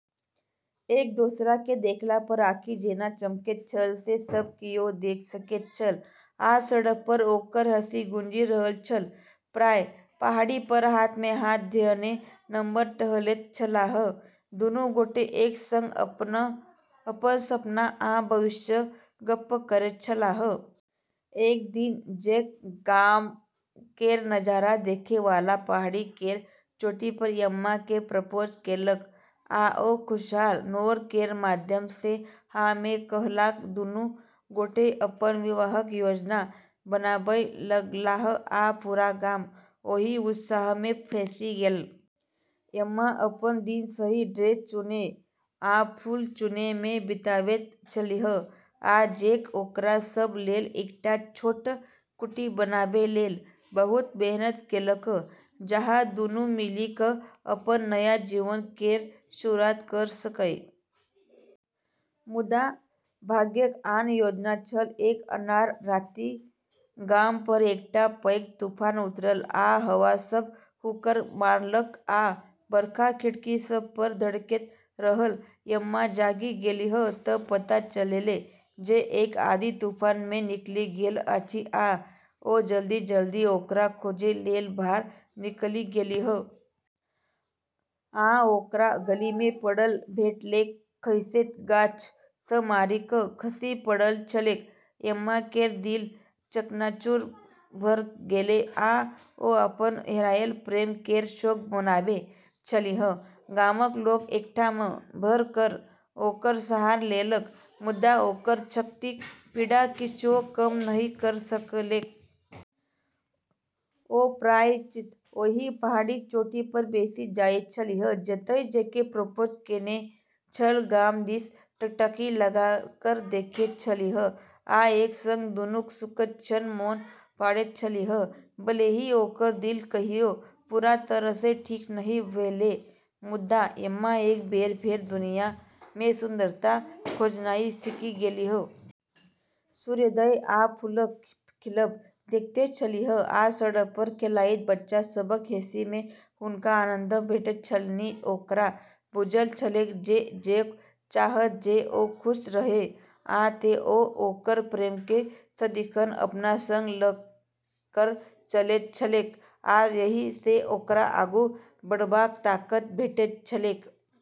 एक दोसरा केँ देखला पर आँखि जेना चमकैत छल से सब कियो देख सकैत छल, आ सड़क पर ओकर हँसी गूँजि रहल छल। प्रायः पहाड़ी पर हाथ मे हाथ धयने नम्हर टहलैत छलाह, दुनू गोटे एक संग अपन सपना आ भविष्यक गप्प करैत छलाह। एक दिन जैक गाम केर नजारा देखै वाला पहाड़ी केर चोटी पर एम्मा केँ प्रपोज केलक, आ ओ खुशहाल नोर केर माध्यम सँ हाँ मे कहलक। दुनू गोटे अपन विवाहक योजना बनाबय लगलाह, आ पूरा गाम ओहि उत्साह मे फँसि गेल। एम्मा अपन दिन सही ड्रेस चुनै आ फूल चुनै मे बितावैत छलीह, आ जैक ओकरा सभ लेल एकटा छोट कुटी बनाबै लेल बहुत मेहनत केलक, जहाँ दुनू मिलि कऽ अपन नया जीवन केर शुरुआत कऽ सकय। मुदा भाग्यक आन योजना छल। एक अन्हार राति गाम पर एकटा पैघ तूफान उतरल आ हवा सभ हुंकार मारलक आ बरखा खिड़की सभ पर धड़कैत रहल। एम्मा जागि गेलीह तँ पता चललै जे जैक आंधी-तूफान मे निकलि गेल अछि, आ ओ जल्दी-जल्दी ओकरा खोजै लेल बाहर निकलि गेलीह। ओ ओकरा गली मे पड़ल भेटलैक, खसैत गाछ सँ मारि कऽ खसि पड़ल छलैक। एम्मा केर दिल चकनाचूर भऽ गेलै, आ ओ अपन हेरायल प्रेम केर शोक मनाबै छलीह। गामक लोक एकठाम भऽ कऽ ओकर सहारा लेलक, मुदा ओकर क्षतिक पीड़ा किछुओ कम नहि कऽ सकलैक। ओ प्रायः ओहि पहाड़ीक चोटी पर बैसि जाइत छलीह जतय जैक प्रपोज केने छल, गाम दिस टकटकी लगा कऽ देखैत छलीह आ एक संग दुनूक सुखद क्षण मोन पाड़ैत छलीह। भले ही ओकर दिल कहियो पूरा तरह सँ ठीक नहि भेलै, मुदा एम्मा एक बेर फेर दुनिया मे सुंदरता खोजनाइ सीखि गेलीह। सूर्योदय आ फूलक खिलब देखैत छलीह, आ सड़क पर खेलाइत बच्चा सभक हँसी मे हुनका आनन्द भेटैत छलनि। ओकरा बुझल छलैक जे जैक चाहत जे ओ खुश रहय, आ तें ओ ओकर प्रेम केँ सदिखन अपना संग लऽ कऽ चलैत छलैक, आ एहि सँ ओकरा आगू बढ़बाक ताकत भेटैत छलैक।